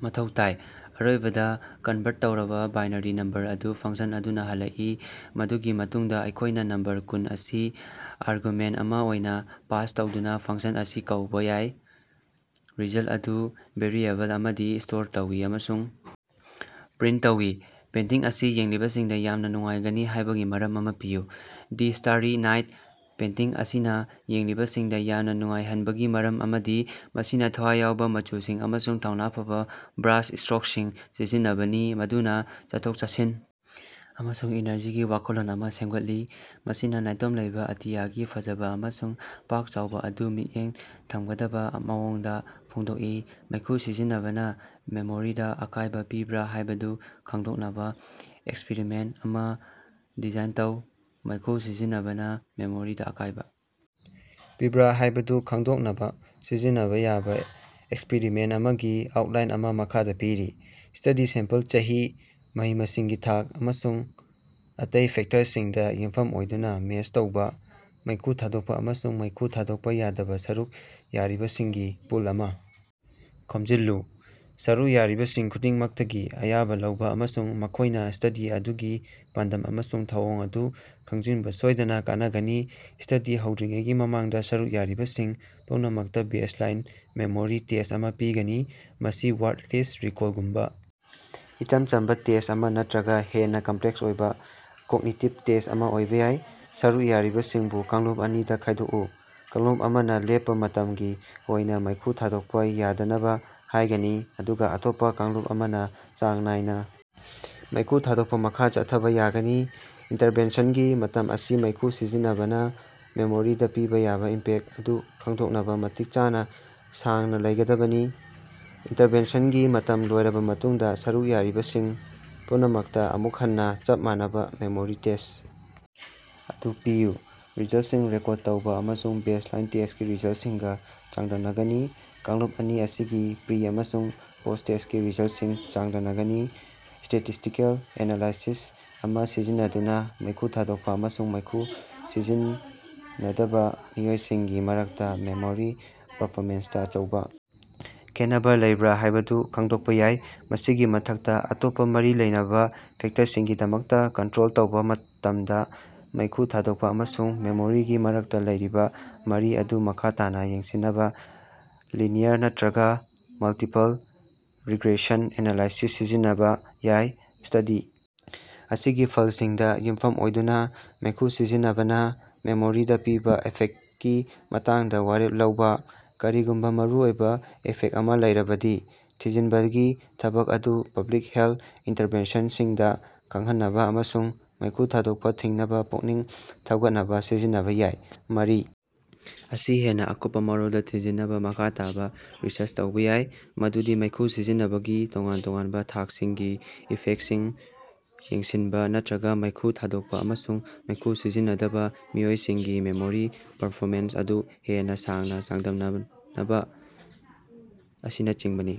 ꯃꯊꯧ ꯇꯥꯏ꯫ ꯑꯔꯣꯏꯕꯗꯥ, ꯀꯟꯚꯥꯔꯠ ꯇꯧꯔꯕꯥ ꯕꯥꯏꯅꯥꯔꯤ ꯅꯝꯕꯔ ꯑꯗꯨ ꯐꯪꯁꯟ ꯑꯗꯨꯅꯥ ꯍꯜꯂꯛꯏ꯫ ꯃꯗꯨꯒꯤ ꯃꯇꯨꯡꯗꯥ ꯑꯩꯈꯣꯏꯅꯥ ꯅꯝꯕꯔ ꯀꯨꯟ ꯑꯁꯤ ꯑꯥꯔꯒꯨꯃꯦꯟꯇ ꯑꯃꯥ ꯑꯣꯏꯅꯥ ꯄꯥꯁ ꯇꯧꯗꯨꯅꯥ ꯐꯪꯁꯟ ꯑꯁꯤ ꯀꯧꯕꯥ ꯌꯥꯏ꯫ ꯔꯤꯖꯜ ꯑꯗꯨ ꯚꯦꯔꯤꯑꯦꯕꯜ ꯑꯃꯗꯤ ꯁ꯭ꯇꯣꯔ ꯇꯧꯏ ꯑꯃꯁꯨꯡ ꯄ꯭ꯔꯤꯟꯇ ꯇꯧꯏ꯫ ꯄꯦꯟꯇꯤꯡ ꯑꯁꯤ ꯌꯦꯡꯂꯤꯕꯁꯤꯡꯗꯥ ꯌꯥꯝꯅꯥ ꯅꯨꯡꯉꯥꯏꯒꯅꯤ ꯍꯥꯏꯕꯒꯤ ꯃꯔꯝ ꯑꯃꯥ ꯄꯤꯌꯨ꯫ ꯗꯤ ꯁ꯭ꯇꯥꯔꯔꯤ ꯅꯥꯏꯠ ꯄꯦꯟꯇꯤꯡ ꯑꯁꯤꯅꯥ ꯌꯦꯡꯂꯤꯕꯁꯤꯡꯗꯥ ꯌꯥꯝꯅꯥ ꯅꯨꯡꯉꯥꯏꯍꯟꯕꯒꯤ ꯃꯔꯝ ꯑꯃꯗꯤ ꯃꯁꯤꯅꯥ ꯊꯋꯥꯏ ꯌꯥꯎꯕꯥ ꯃꯆꯨꯁꯤꯡ ꯑꯃꯁꯨꯡ ꯊꯧꯅꯥ ꯐꯕꯥ ꯕ꯭ꯔꯥꯁ ꯢꯁꯇ꯭ꯔꯣꯛꯁꯤꯡ ꯁꯤꯖꯤꯟꯅꯕꯅꯤ ꯃꯗꯨꯅꯥ ꯆꯠꯊꯣꯛ-ꯆꯠꯁꯤꯟ ꯑꯃꯁꯨꯡ ꯏꯅꯔꯖꯤꯒꯤ ꯋꯥꯈꯜꯂꯣꯟ ꯑꯃꯥ ꯁꯦꯝꯒꯠꯂꯤ, ꯃꯁꯤꯅꯥ ꯅꯥꯏꯇꯣꯝ ꯂꯩꯕꯥ ꯑꯇꯤꯌꯥꯒꯤ ꯐꯖꯕꯥ ꯑꯃꯁꯨꯡ ꯄꯥꯛ ꯆꯥꯎꯕꯥ ꯑꯗꯨ ꯃꯤꯠꯌꯦꯡ ꯊꯝꯒꯗꯕꯥ ꯃꯑꯣꯡꯗꯥ ꯐꯣꯡꯗꯣꯛꯏ꯫ ꯃꯩꯈꯨ ꯁꯤꯖꯤꯟꯅꯕꯅꯥ ꯃꯦꯃꯣꯔꯤꯗꯥ ꯑꯀꯥꯏꯕꯥ ꯄꯤꯕ꯭ꯔꯥ ꯍꯥꯏꯕꯗꯨ ꯈꯪꯗꯣꯛꯅꯕꯥ ꯑꯦꯛꯁꯄ꯭ꯔꯤꯃꯦꯟꯇ ꯑꯃꯥ ꯗꯤꯖꯥꯏꯟ ꯇꯧ꯫ ꯃꯩꯈꯨ ꯁꯤꯖꯤꯟꯅꯕꯅꯥ ꯃꯦꯃꯣꯔꯤꯗꯥ ꯑꯀꯥꯏꯕꯥ ꯄꯤꯕ꯭ꯔꯥ ꯍꯥꯏꯕꯗꯨ ꯈꯪꯗꯣꯛꯅꯕꯥ ꯁꯤꯖꯤꯟꯅꯕꯥ ꯌꯥꯕꯥ ꯑꯦꯛꯁꯄ꯭ꯔꯤꯃꯦꯟꯇ ꯑꯃꯒꯤ ꯑꯥꯎꯠꯂꯥꯏꯟ ꯑꯃꯥ ꯃꯈꯥꯗꯥ ꯄꯤꯔꯤ꯫ ꯁ꯭ꯇꯗꯤ ꯁꯦꯝꯄꯜ ꯆꯍꯤ, ꯃꯍꯩ-ꯃꯁꯤꯡꯒꯤ ꯊꯥꯛ, ꯑꯃꯁꯨꯡ ꯑꯇꯩ ꯐꯦꯛꯇꯔꯁꯤꯡꯗꯥ ꯌꯨꯝꯐꯝ ꯑꯣꯏꯗꯨꯅꯥ ꯃꯦꯁ ꯇꯧꯕꯥ, ꯃꯩꯈꯨ ꯊꯥꯗꯣꯛꯄꯥ ꯑꯃꯁꯨꯡ ꯃꯩꯈꯨ ꯊꯥꯗꯣꯛꯄꯥ ꯌꯥꯗꯕꯥ ꯁꯔꯨꯛ ꯌꯥꯔꯤꯕꯁꯤꯡꯒꯤ ꯄꯨꯜ ꯑꯃꯥ ꯈꯣꯝꯖꯤꯜꯂꯨ꯫ ꯁꯔꯨꯛ ꯌꯥꯔꯤꯕꯁꯤꯡ ꯈꯨꯗꯤꯡꯃꯛꯇꯒꯤ ꯑꯌꯥꯕꯥ ꯂꯧꯕꯥ ꯑꯃꯁꯨꯡ ꯃꯈꯣꯏꯅꯥ ꯁ꯭ꯇꯗꯤ ꯑꯗꯨꯒꯤ ꯄꯥꯟꯗꯝ ꯑꯃꯁꯨꯡ ꯊꯧꯑꯣꯡ ꯑꯗꯨ ꯈꯪꯖꯤꯟꯕꯥ ꯁꯣꯏꯗꯅꯥ ꯀꯅꯥꯒꯅꯤ꯫ ꯁ꯭ꯇꯗꯤ ꯍꯧꯗ꯭ꯔꯤꯉꯩꯒꯤ ꯃꯃꯥꯡꯗꯥ ꯁꯔꯨꯛ ꯌꯥꯔꯤꯕꯁꯤꯡ ꯄꯨꯝꯅꯃꯛꯇꯥ ꯕꯦꯖ ꯂꯥꯏꯟ ꯃꯦꯃꯣꯔꯤ ꯇꯦꯁ ꯑꯃꯥ ꯄꯤꯒꯅꯤ꯫ ꯃꯁꯤ ꯋꯥꯔꯗ ꯂꯤꯁ ꯔꯤꯀꯣꯜꯒꯨꯝꯕꯥ ꯏꯆꯝ ꯆꯝꯕꯥ ꯇꯦꯁ ꯑꯃꯥ ꯅꯠꯇ꯭ꯔꯒꯥ ꯍꯦꯟꯅꯥ ꯀꯝꯄ꯭ꯂꯦꯛꯁ ꯑꯣꯏꯕꯥ ꯀꯣꯛꯅꯤꯇꯤꯚ ꯇꯦꯁ ꯑꯃꯥ ꯑꯣꯏꯕꯥ ꯌꯥꯏ꯫ ꯁꯔꯨꯛ ꯌꯥꯔꯤꯕꯁꯤꯡꯕꯨ ꯀꯥꯡꯂꯨꯞ ꯑꯅꯤꯗꯥ ꯈꯥꯏꯗꯣꯛꯎ꯫ ꯀꯥꯡꯂꯨꯞ ꯑꯃꯅꯥ ꯂꯦꯞꯄꯥ ꯃꯇꯝꯒꯤ ꯑꯣꯏꯅꯥ ꯃꯩꯈꯨ ꯊꯥꯗꯣꯛꯄꯥ ꯌꯥꯗꯅꯕꯥ ꯍꯥꯏꯒꯅꯤ, ꯑꯗꯨꯒꯥ ꯑꯇꯣꯞꯄꯥ ꯀꯥꯡꯂꯨꯞ ꯑꯃꯅꯥ ꯆꯥꯡ ꯅꯥꯏꯅꯥ ꯃꯩꯈꯨ ꯊꯥꯗꯣꯛꯄꯥ ꯃꯈꯥ ꯆꯠꯊꯕꯥ ꯌꯥꯒꯅꯤ꯫ ꯏꯟꯇꯔꯚꯦꯟꯁꯟꯒꯤ ꯃꯇꯝ ꯑꯁꯤ ꯃꯩꯈꯨ ꯁꯤꯖꯤꯟꯅꯕꯅꯥ ꯃꯦꯃꯣꯔꯤꯗꯥ ꯄꯤꯕꯥ ꯌꯥꯕꯥ ꯏꯝꯄꯦꯛ ꯑꯗꯨ ꯈꯪꯗꯣꯛꯅꯕꯥ ꯃꯇꯤꯛ ꯆꯥꯅꯥ ꯁꯥꯡꯅꯥ ꯂꯩꯒꯗꯕꯅꯤ꯫ ꯏꯟꯇꯔꯚꯦꯟꯁꯟꯒꯤ ꯃꯇꯝ ꯂꯣꯏꯔꯕꯥ ꯃꯇꯨꯡꯗꯥ, ꯁꯔꯨꯛ ꯌꯥꯔꯤꯕꯁꯤꯡ ꯄꯨꯝꯅꯃꯛꯇꯥ ꯑꯃꯨꯛ ꯍꯟꯅꯥ ꯆꯞ ꯃꯥꯟꯅꯕꯥ ꯃꯦꯃꯣꯔꯤ ꯇꯦꯁ ꯑꯗꯨ ꯄꯤꯌꯨ꯫ ꯔꯤꯖꯜꯁꯤꯡ ꯔꯦꯀꯣꯔꯗ ꯇꯧꯕꯥ ꯑꯃꯁꯨꯡ ꯕꯦꯖ ꯂꯥꯏꯟ ꯇꯦꯁꯀꯤ ꯔꯤꯖꯜꯁꯤꯡꯒꯥ ꯆꯥꯡꯗꯝꯅꯒꯅꯤ꯫ ꯀꯥꯡꯂꯨꯞ ꯑꯅꯤ ꯑꯁꯤꯒꯤ ꯄ꯭ꯔꯤ- ꯑꯃꯁꯨꯡ ꯄꯣꯁ꯭ꯠ-ꯇꯦꯁꯀꯤ ꯔꯤꯖꯜꯁꯤꯡ ꯆꯥꯡꯗꯝꯅꯒꯅꯤ꯫ ꯁ꯭ꯇꯦꯇꯤꯁ꯭ꯇꯤꯀꯦꯜ ꯑꯦꯅꯥꯂꯥꯏꯁꯤꯁ ꯑꯃꯥ ꯁꯤꯖꯤꯟꯅꯗꯨꯅꯥ ꯃꯩꯈꯨ ꯊꯥꯗꯣꯛꯄꯥ ꯑꯃꯁꯨꯡ ꯃꯩꯈꯨ ꯁꯤꯖꯤꯟꯅꯗꯕꯥ ꯃꯤꯑꯣꯏꯁꯤꯡꯒꯤ ꯃꯔꯛꯇꯥ ꯃꯦꯃꯣꯔꯤ ꯄꯔꯐꯣꯃꯦꯟꯁꯇꯥ ꯑꯆꯧꯕꯥ ꯈꯦꯠꯅꯕꯥ ꯂꯩꯕ꯭ꯔꯥ ꯍꯥꯏꯕꯗꯨ ꯈꯪꯗꯣꯛꯄꯥ ꯌꯥꯏ꯫ ꯃꯁꯤꯒꯤ ꯃꯊꯛꯇꯥ, ꯑꯇꯣꯞꯄꯥ ꯃꯔꯤ ꯂꯩꯅꯕꯥ ꯐꯦꯛꯇꯔꯁꯤꯡꯒꯤꯗꯃꯛꯇꯥ ꯀꯟꯇ꯭ꯔꯣꯜ ꯇꯧꯕꯥ ꯃꯇꯝꯗꯥ ꯃꯩꯈꯨ ꯊꯥꯗꯣꯛꯄꯥ ꯑꯃꯁꯨꯡ ꯃꯦꯃꯣꯔꯤꯒꯤ ꯃꯔꯛꯇꯥ ꯂꯩꯔꯤꯕꯥ ꯃꯔꯤ ꯑꯗꯨ ꯃꯈꯥ ꯇꯥꯅꯥ ꯌꯦꯡꯁꯤꯟꯅꯕꯥ ꯂꯤꯅꯤꯌꯔ ꯅꯠꯇ꯭ꯔꯒꯥ ꯃꯜꯇꯤꯄꯜ ꯔꯤꯒ꯭ꯔꯦꯁꯟ ꯑꯦꯅꯥꯂꯥꯏꯁꯤꯁ ꯁꯤꯖꯤꯟꯅꯕꯥ ꯌꯥꯏ꯫ ꯁ꯭ꯇꯗꯤ ꯑꯁꯤꯒꯤ ꯐꯜꯁꯤꯡꯗꯥ ꯌꯨꯝꯐꯝ ꯑꯣꯏꯗꯨꯅꯥ, ꯃꯩꯈꯨ ꯁꯤꯖꯤꯟꯅꯕꯅꯥ ꯃꯦꯃꯣꯔꯤꯗꯥ ꯄꯤꯕꯥ ꯏꯐꯦꯛꯇꯀꯤ ꯃꯇꯥꯡꯗꯥ ꯋꯥꯔꯦꯞ ꯂꯧꯕꯥ꯫ ꯀꯔꯤꯒꯨꯝꯕꯥ ꯃꯔꯨꯑꯣꯏꯕꯥ ꯏꯐꯦꯛꯇ ꯑꯃꯥ ꯂꯩꯔꯕꯗꯤ, ꯊꯤꯖꯤꯟꯕꯒꯤ ꯊꯕꯛ ꯑꯗꯨ ꯄꯕ꯭ꯂꯤꯛ ꯍꯦꯜ ꯏꯟꯇꯔꯚꯦꯟꯁꯟꯁꯤꯡꯗꯥ ꯈꯪꯍꯟꯅꯕꯥ ꯑꯃꯁꯨꯡ ꯃꯩꯈꯨ ꯊꯥꯗꯣꯛꯄꯥ ꯊꯤꯡꯅꯕꯥ ꯄꯨꯛꯅꯤꯡ ꯊꯧꯒꯠꯅꯕꯥ ꯁꯤꯖꯤꯟꯅꯕꯥ ꯌꯥꯏ꯫ ꯃꯔꯤ ꯑꯁꯤ ꯍꯦꯟꯅꯥ ꯑꯀꯨꯞꯄꯥ ꯃꯔꯣꯜꯗꯥ ꯊꯤꯖꯤꯟꯅꯕꯥ ꯃꯈꯥ ꯇꯥꯕꯥ ꯔꯤꯁꯔꯆ ꯇꯧꯕꯥ ꯌꯥꯏ, ꯃꯗꯨꯗꯤ ꯃꯩꯈꯨ ꯁꯤꯖꯤꯟꯅꯕꯒꯤ ꯇꯣꯉꯥꯟ ꯇꯣꯉꯥꯟꯕꯥ ꯊꯥꯛꯁꯤꯡꯒꯤ ꯏꯐꯦꯛꯁꯤꯡ ꯌꯦꯡꯁꯤꯟꯕꯥ ꯅꯠꯇ꯭ꯔꯒꯥ ꯃꯩꯈꯨ ꯊꯥꯗꯣꯛꯄꯥ ꯑꯃꯁꯨꯡ ꯃꯩꯈꯨ ꯁꯤꯖꯤꯟꯅꯗꯕꯥ ꯃꯤꯑꯣꯏꯁꯤꯡꯒꯤ ꯃꯦꯃꯣꯔꯤ ꯄꯔꯐꯣꯃꯦꯟꯁ ꯑꯗꯨ ꯍꯦꯟꯅꯥ ꯁꯥꯡꯅꯥ ꯆꯥꯡꯗꯝꯅꯕꯥ ꯑꯁꯤꯅꯆꯤꯡꯕꯅꯤ꯫